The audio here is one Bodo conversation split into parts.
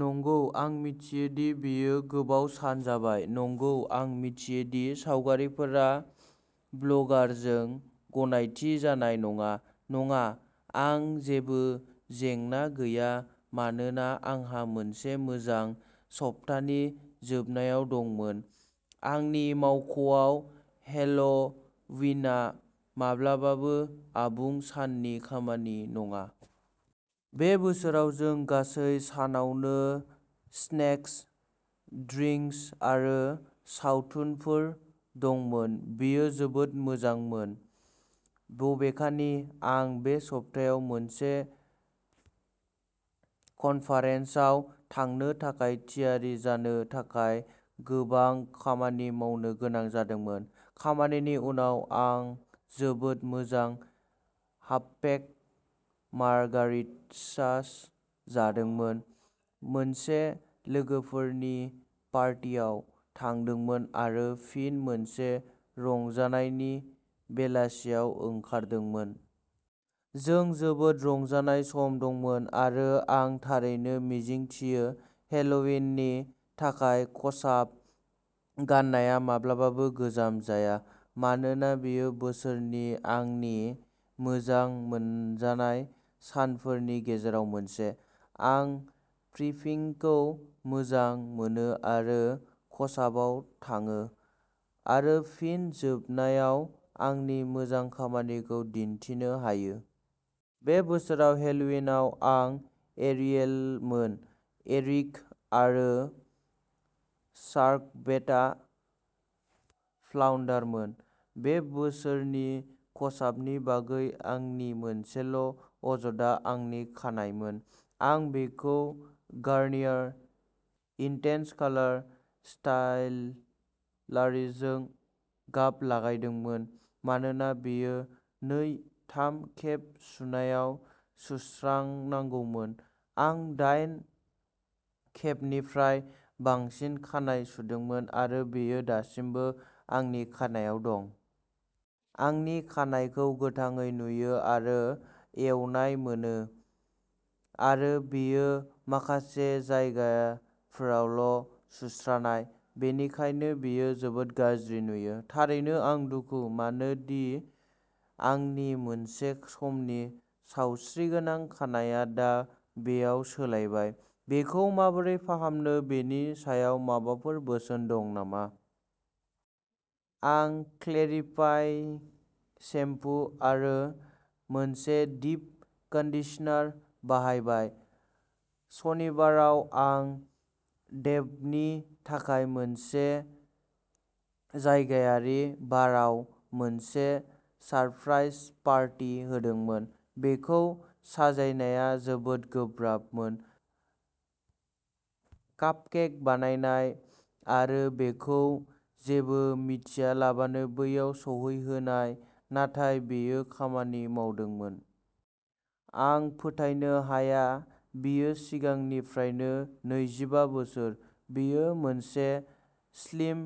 नंगौ, आं मिथियो दि बेयो गोबाव सान जाबाय। नंगौ, आं मिथियो दि सावगारिफोरा ब्लगारजों गनायथि जानाय नङा। नङा, आं जेबो जेंना गैया मानोना आंहा मोनसे मोजां सप्तानि जोबनायाव दंमोन आंनि मावख'आव हेल'विनआ माब्लाबाबो आबुं साननि खामानि नङा। बे बोसोराव जों गासै सानावनो स्नेक्स, ड्रिंक्स आरो सावथुनफोर दंमोन। बेयो जोबोद मोजांमोन, बबेखानि, आं बे सप्तायाव मोनसे कन्फारेन्सआव थांनो थाखाय थियारि जानो थाखाय गोबां खामानि मावनो गोनां जादोंमोन। खामानिनि उनाव, आं जोबोद मोजां हाबपेक मार्गारिटसास जादोंमोन, मोनसे लोगोफोरनि पार्टियाव थांदोंमोन आरो फिन मोनसे रंजानायनि बेलासियाव ओंखारदोंमोन। जों जोबोद रंजानाय सम दंमोन, आरो आं थारैनो मिजिंथियो हेल'विननि थाखाय खसाब गान्नाया माब्लाबाबो गोजाम जाया, मानोना बेयो बोसोरनि आंनि मोजां मोनजानाय सानफोरनि गेजेराव मोनसे। आं प्रिपिंखौ मोजां मोनो आरो खसाबआव थाङो, आरो फिन जोबनायाव आंनि मोजां खामानिखौ दिन्थिनो हायो। बे बोसोराव हेल'विनआव जों एरियेलमोन, एरिक, आरो शार्कबेटआ फ्लाउन्डारमोन। बे बोसोरनि खसाबनि बागै आंनि मोनसेल' अजदआ आंनि खानाइमोन। आं बेखौ गार्नियार इन्टेन्स कालार स्टाइललारिजों गाब लागायदोंमोन मानोना बेयो नै-थाम खेब सुनायाव सुस्रानांगौमोन। आं दायेन खेबनिफ्राय बांसिन खानाइ सुदोंमोन आरो बेयो दासिमबो आंनि खानाइआव दं। आंनि खानाइखौ गोथाङै नुयो आरो एवनाय मोनो, आरो बेयो माखासे जायगाफोरावल' सुस्रानाय, बेनिखायनो बेयो जोबोद गाज्रि नुयो। थारैनो आं दुखु मानो दि आंनि मोनसे समनि सावस्रिगोनां खानाइया दा बेयाव सोलायबाय। बेखौ माबोरै फाहामनो बेनि सायाव माबाफोर बोसोन दं नामा? आं क्लेरिफाइ सेम्पु आरो मोनसे डीप कन्डिशनार बाहायबाय। सनिबाराव, आं डेभनि थाखाय मोनसे जायगायारि बारआव मोनसे सारप्राइज पार्टी होदोंमोन। बेखौ साजायनाया जोबोद गोब्राबमोन, कापकेक बानायनाय, आरो बिखौ जेबो मिथियालाबानो बैयाव सौहैहोनाय, नाथाय बेयो खामानि मावदोंमोन। आं फोथायनो हाया बियो सिगांनिफ्रायनो नैजिबा बोसोर, बियो मोनसे स्लिम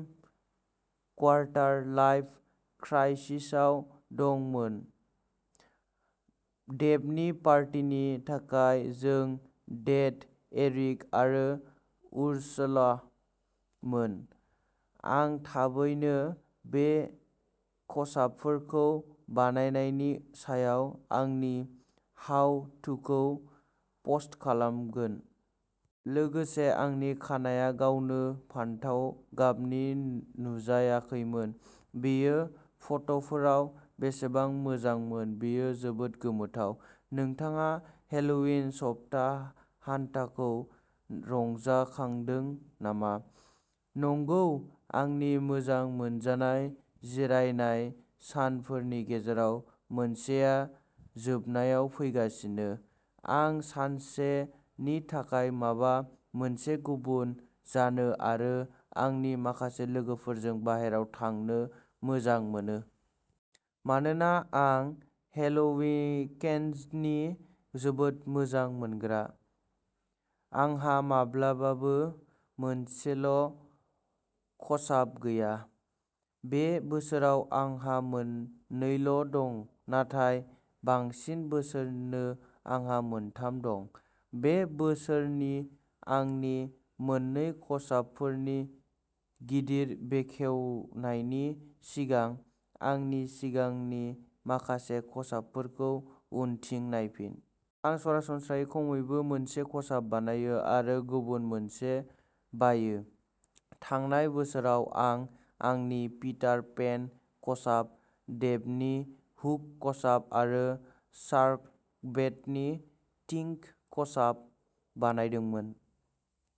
क्वार्टार-लाइफ क्राइसिसआव दंमोन। डेभनि पार्टिनि थाखाय जों डेड एरिक आरो उर्सुला मोन। आं थाबैनो बे खसाबफोरखौ बानायनायनि सायाव आंनि हाउ-थुखौ पस्ट खालामगोन। लोगोसे, आंनि खानाया गावनो फान्थाव गाबनि नुजायाखैमोन, बेयो फट'फोराव बेसेबां मोजांमोन बेयो जोबोद गोमोथाव। नोंथाङा हेल'विन सप्ताहान्ताखौ रंजाखांदों नामा? नंगौ आंनि मोजां मोनजानाय जिरायनाय सानफोरनि गेजेराव मोनसेआ जोबनायाव फैगासिनो। आं सानसे नि थाखाय माबा मोनसे गुबुन जानो आरो आंनि माखासे लोगोफोरजों बाहेरायाव थांनो मोजां मोनो। मानोना आं हेल'विकेंडनि जोबोद मोजां मोनग्रा, आंहा माब्लाबाबो मोनसेल' खसाब गैया। बे बोसोराव आंहा मोन नै ल' दं नाथाय बांसिन बोसोरनो आंहा मोनथाम दं। बे बोसोरनि आंनि मोन्नै खसाबफोरनि गिदिर बेखेवनायनि सिगां, आंनि सिगांनि माखासे खसाबफोरखौ उनथिं नायफिन। आं सरासनस्रायै खमैबो मोनसे खसाब बानायो, आरो गुबुन मोनसे बायो। थांनाय बोसोराव, आं आंनि पिटार पेन खसाब, डेभनि हुक खसाब, आरो शार्कबेटनि टिंक खसाब बानायदोंमोन।